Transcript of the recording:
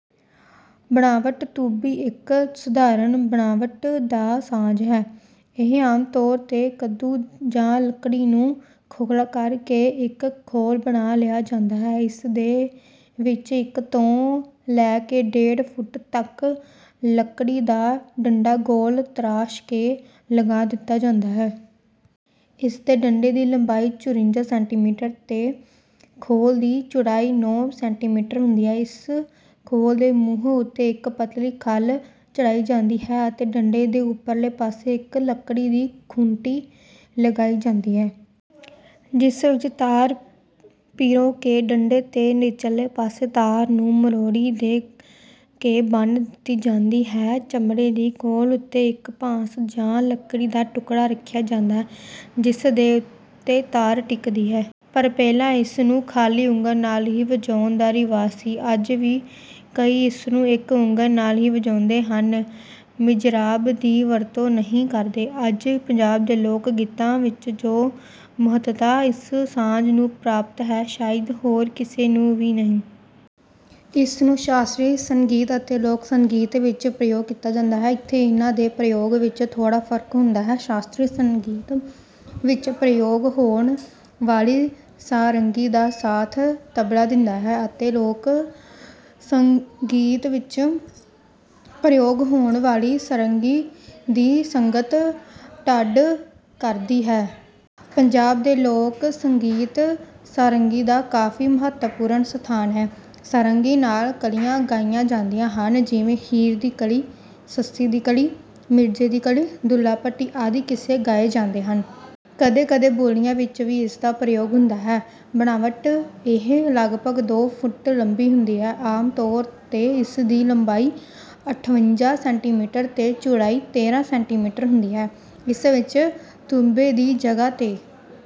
ਬਣਾਵਟ ਤੂੰਬੀ ਇੱਕ ਸਧਾਰਣ ਬਣਾਵਟ ਦਾ ਸਾਜ਼ ਹੈ। ਇਹ ਆਮ ਤੌਰ ਤੇ ਕੱਦੂ ਜਾਂ ਲਕੜੀ ਨੂੰ ਖੋਖਲਾ ਕਰ ਕੇ ਇੱਕ ਖੋਲ ਬਣਾ ਲਿਆ ਜਾਂਦਾ ਹੈ। ਇਸ ਦੇ ਵਿੱਚ ਇੱਕ ਤੋਂ ਲੈ ਕੇ ਡੇਢ ਫੁੱਟ ਤਕ ਲਕੜੀ ਦਾ ਡੰਡਾ ਗੋਲ ਤਰਾਸ਼ ਕੇ ਲਗਾ ਦਿੱਤਾ ਜਾਂਦਾ ਹੈ। ਇਸ ਦੇ ਡੰਡੇ ਦੀ ਲੰਬਾਈ ਚੁਰੰਜਾ ਸੈਂਟੀਮੀਟਰ ਤੇ ਖੋਲ ਦੀ ਚੌੜਾਈ ਨੌ ਸੈਂਟੀਮੀਟਰ ਹੁੰਦੀ ਹੈ। ਇਸ ਖੋਲ ਦੇ ਮੂੰਹ ਉੱਤੇ ਇੱਕ ਪਤਲੀ ਖੱਲ ਚੜਾਈ ਜਾਂਦੀ ਹੈ ਅਤੇ ਡੰਡੇ ਦੇ ਉੱਪਰਲੇ ਪਾਸੇ ਇੱਕ ਲੱਕੜੀ ਦੀ ਖੂੰਟੀ ਲਗਾਈ ਜਾਂਦੀ ਹੈ। ਜਿਸ ਵਿੱਚ ਤਾਰ ਪਿਰੋ ਕੇ ਡੰਡੇ ਦੇ ਨਿਚਲੇ ਪਾਸੇ ਤਾਰ ਨੂੰ ਮਰੋੜੀ ਦੇ ਕੇ ਬੰਨ੍ਹ ਦਿੱਤੀ ਜਾਂਦੀ ਹੈ। ਚਮੜੇ ਦੀ ਖੋਲ ਉੱਤੇ ਇੱਕ ਭਾਂਸ ਜਾਂ ਲਕੜੀ ਦਾ ਟੁਕੜਾ ਰੱਖਿਆ ਜਾਂਦਾ ਹੈ ਜਿਸ ਦੇ ਉੱਤੇ ਤਾਰ ਟਿਕਦੀ ਹੈ। ਪਰ ਪਹਿਲਾ ਇਸ ਨੂੰ ਖ਼ਾਲੀ ਉਂਗਲ ਨਾਲ ਹੀ ਵਜਾਉਣ ਦਾ ਰਿਵਾਜ ਸੀ। ਅੱਜ ਵੀ ਕਈ ਇਸ ਨੂੰ ਇੱਕ ਉਂਗਲ ਨਾਲ ਹੀ ਵਜਾਉਂਦੇ ਹਨ, ਮਿਜਰਾਬ ਦੀ ਵਰਤੋਂ ਨਹੀਂ ਕਰਦੇ। ਅੱਜ ਪੰਜਾਬ ਦੇ ਲੋਕ ਗੀਤਾਂ ਵਿੱਚ ਜੋ ਮਹੱਤਤਾ ਇਸ ਸਾਜ਼ ਨੂੰ ਪ੍ਰਾਪਤ ਹੈ ਸ਼ਾਇਦ ਹੋਰ ਕਿਸੇ ਨੂੰ ਵੀ ਨਹੀ। ਇਸ ਨੂੰ ਸ਼ਾਸਤਰੀ ਸੰਗੀਤ ਅਤੇ ਲੋਕ ਸੰਗੀਤ ਵਿੱਚ ਪ੍ਰਯੋਗ ਕੀਤਾ ਜਾਂਦਾ ਹੈ। ਇੱਥੇ ਇਹਨਾਂ ਦੇ ਪ੍ਰਯੋਗ ਵਿੱਚ ਥੋੜਾ ਫ਼ਰਕ ਹੁੰਦਾ ਹੈ। ਸ਼ਾਸਤਰੀ ਸੰਗੀਤ ਵਿੱਚ ਪ੍ਰਯੋਗ ਹੋਣ ਵਾਲੀ ਸਾਰੰਗੀ ਦਾ ਸਾਥ ਤਬਲਾ ਦਿੰਦਾ ਹੈ ਅਤੇ ਲੋਕ ਸੰਗੀਤ ਵਿੱਚ ਪ੍ਰਯੋਗ ਹੋਣ ਵਾਲੀ ਸਾਰੰਗੀ ਦੀ ਸੰਗਤ ਢੱਡ ਕਰਦੀ ਹੈ। ਪੰਜਾਬ ਦੇ ਲੋਕ ਸੰਗੀਤ ਸਾਰੰਗੀ ਦਾ ਕਾਫ਼ੀ ਮਹੱਤਵਪੂਰਣ ਸਥਾਨ ਹੈ। ਸਾਰੰਗੀ ਨਾਲ ਕਲੀਆਂ ਗਾਈਆਂ ਜਾਦੀਆਂ ਹਨ| ਜਿਵੇਂ ਹੀਰ ਦੀ ਕਲੀ, ਸੱਸੀ ਦੀ ਕਲੀ, ਮਿਰਜ਼ੇ ਦੀ ਕਲੀ, ਦੁੱਲਾ ਭੱਟੀ ਆਦਿ ਕਿਸੇ ਗਾਏ ਜਾਂਦੇ ਹਨ। ਕਦੇ-ਕਦੇ ਬੋਲੀਆਂ ਵਿੱਚ ਵੀ ਇਸ ਦਾ ਪ੍ਰਯੋਗ ਹੁੰਦਾ ਹੈ। ਬਣਾਵਟ ਇਹ ਲੱਗਪਗ ਦੋ ਫੁੱਟ ਲੰਬੀ ਹੁੰਦੀ ਹੈ। ਆਮ ਤੌਰ ਤੇ ਇਸ ਦੀ ਲੰਬਾਈ ਅਠਵੰਜਾ ਸੈਂਟੀਮੀਟਰ ਤੇ ਚੌੜਾਈ ਤੇਰਾਂ ਸੈਂਟੀਮੀਟਰ ਹੁੰਦੀ ਹੈ। ਇਸ ਵਿੱਚ ਤੂੰਬੇ ਦੀ ਜਗ੍ਹਾ ਤੇ